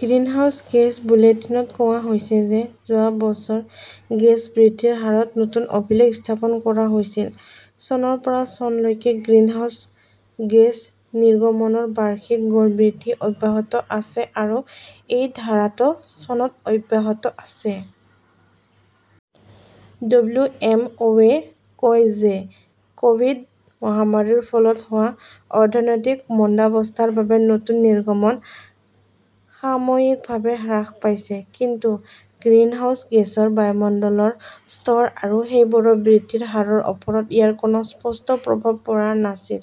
Greenhouse gas বুলেটিনত কোৱা হৈছে যে যোৱা বছৰ গেছ বৃদ্ধিৰ হাৰত নতুন অভিলেখ স্থাপন কৰা হৈছিল। চনৰ পৰা চনলৈকে গ্ৰীণহাউছ গেছ নিৰ্গমনৰ বাৰ্ষিক গড় বৃদ্ধি অব্যাহত আছে আৰু এই ধাৰাটো চনত অব্যাহত আছে। ডব্লিউ. এম. অ '. -য়ে কয় যে ক "ভিড- মহামাৰীৰ ফলত হোৱা অৰ্থনৈতিক মন্দাৱস্থাৰ বাবে নতুন নিৰ্গমন সাময়িকভাৱে হ্ৰাস পাইছে। কিন্তু গ্ৰিনহাউজ গেছৰ বায়ুমণ্ডলৰ স্তৰ আৰু সেইবোৰৰ বৃদ্ধিৰ হাৰৰ ওপৰত ইয়াৰ কোনো স্পষ্ট প্ৰভাৱ পৰা নাছিল।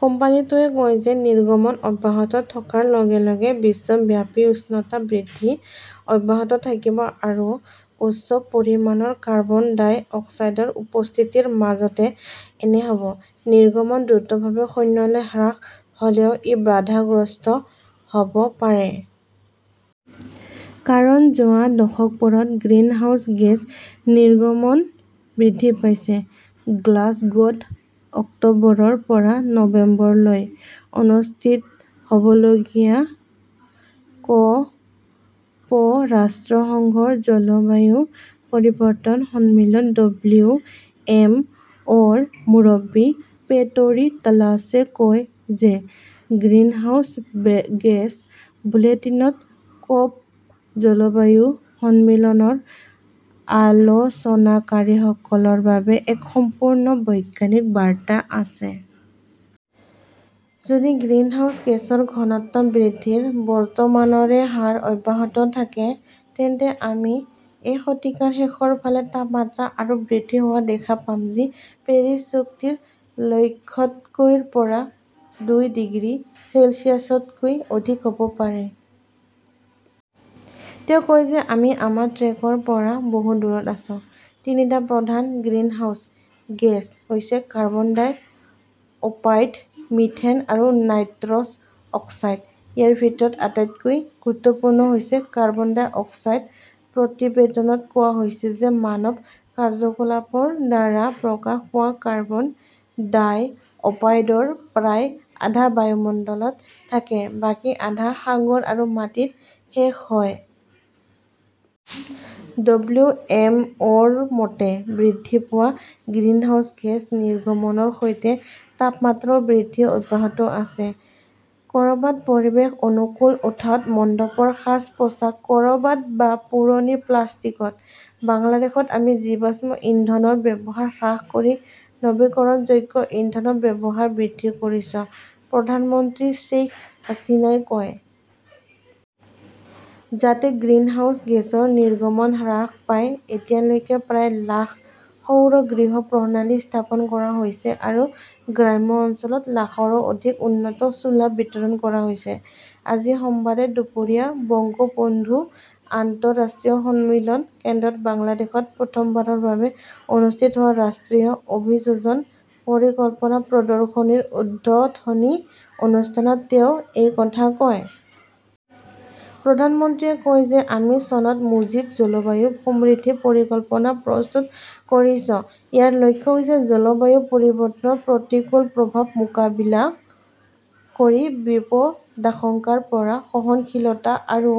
কোম্পানীটোৱে কয় যে নিৰ্গমন অব্যাহত থকাৰ লগে লগে বিশ্বব্যাপী উষ্ণতা বৃদ্ধি অব্যাহত থাকিব আৰু উচ্চ পৰিমাণৰ কাৰ্বন ডাই অক্সাইডৰ উপস্থিতিৰ মাজতে এনে হ "ব। নিৰ্গমন দ্ৰুতভাৱে শূন্যলৈ হ্ৰাস হ "লেও ই বাধাগ্ৰস্ত হ" ব পাৰে। কাৰণ যোৱা দশকবোৰত গ্ৰিনহাউজ গেছ নিৰ্গমন বৃদ্ধি পাইছে। গ্লাছগোত অক্টোবৰৰ পৰা নৱেম্বৰলৈ অনুষ্ঠিত হ "বলগীয়া ক" প ৰাষ্ট্ৰসংঘৰ জলবায়ু পৰিৱৰ্তন সন্মিলন। ডব্লিউ. এম. অ '. -ৰ মুৰব্বী পেটৰী তালাসে কয় যে গ্ৰীণহাউছ গেছ বুলেটিনত ক' প জলবায়ু সন্মিলনৰ আলোচনাকাৰীসকলৰ বাবে এক সম্পূৰ্ণ বৈজ্ঞানিক বাৰ্তা আছে। যদি গ্ৰীণহাউছ গেছৰ ঘনত্ব বৃদ্ধিৰ বৰ্তমানৰ এ হাৰ অব্যাহত থাকে, তেন্তে আমি এই শতিকাৰ শেষৰ ফালে তাপমাত্ৰা আৰু বৃদ্ধি হোৱা দেখা পাম যি পেৰিছ চুক্তিৰ লক্ষ্যতকৈ ৰ পৰা দুই ডিগ্ৰী চেলছিয়াছতকৈ অধিক হ 'ব পাৰে। তেওঁ কয় যে আমি আমাৰ ট্ৰেকৰ পৰা বহু দূৰত আছো। তিনিটা প্ৰধান গ্ৰিনহাউজ গেছ হৈছে-কাৰ্বন ডাই-অপাইড, মিথেন আৰু নাইট্ৰছ অক্সাইড। ইয়াৰ ভিতৰত আটাইতকৈ গুৰুত্বপূৰ্ণ হৈছে কাৰ্বন ডাই অক্সাইড। প্ৰতিবেদনত কোৱা হৈছে যে মানৱ কাৰ্যকলাপৰ দ্বাৰা প্ৰকাশ পোৱা কাৰ্বন ডাই-অপাইডৰ প্ৰায় আধা বায়ুমণ্ডলত থাকে, বাকী আধা সাগৰ আৰু মাটিত শেষ হয়। ডব্লিউ. এম. অ '. -ৰ মতে, বৃদ্ধি পোৱা গ্ৰিনহাউজ গেছ নিৰ্গমনৰ সৈতে তাপমাত্ৰাও বৃদ্ধি অব্যাহত আছে। ক 'ৰবাত পৰিৱেশ-অনুকূল ওঁঠত মণ্ডপৰ সাজ-পোছাক, ক' ৰবাত বা পুৰণি প্লাষ্টিকত। বাংলাদেশত আমি জীৱাশ্ম ইন্ধনৰ ব্যৱহাৰ হ্ৰাস কৰি নৱীকৰণযোগ্য ইন্ধনৰ ব্যৱহাৰ বৃদ্ধি কৰিছো ", প্ৰধানমন্ত্ৰী শ্বেইখ হাছিনাই কয়। যাতে গ্ৰিনহাউজ গেছৰ নিৰ্গমন হ্ৰাস পায়। এতিয়ালৈকে প্ৰায় লাখ সৌৰ গৃহ প্ৰণালী স্থাপন কৰা হৈছে আৰু গ্ৰাম্য অঞ্চলত লাখৰো অধিক উন্নত চুলা বিতৰণ কৰা হৈছে। আজি সোমবাৰে দুপৰীয়া বংগবন্ধু আন্তঃৰাষ্ট্ৰীয় সন্মিলন কেন্দ্ৰত বাংলাদেশত প্ৰথমবাৰৰ বাবে অনুষ্ঠিত হোৱা ৰাষ্ট্ৰীয় অভিযোজন পৰিকল্পনা প্ৰদৰ্শনী- -ৰ উদ্বোধনী অনুষ্ঠানত তেওঁ এই কথা কয়। প্ৰধানমন্ত্ৰীয়ে কয় যে আমি চনত মুজীব জলবায়ু সমৃদ্ধি পৰিকল্পনা প্ৰস্তুত কৰিছো। ইয়াৰ লক্ষ্য হৈছে জলবায়ু পৰিৱৰ্তনৰ প্ৰতিকূল প্ৰভাৱ মোকাবিলা কৰি বিপদাশংকাৰ পৰা সহনশীলতা আৰু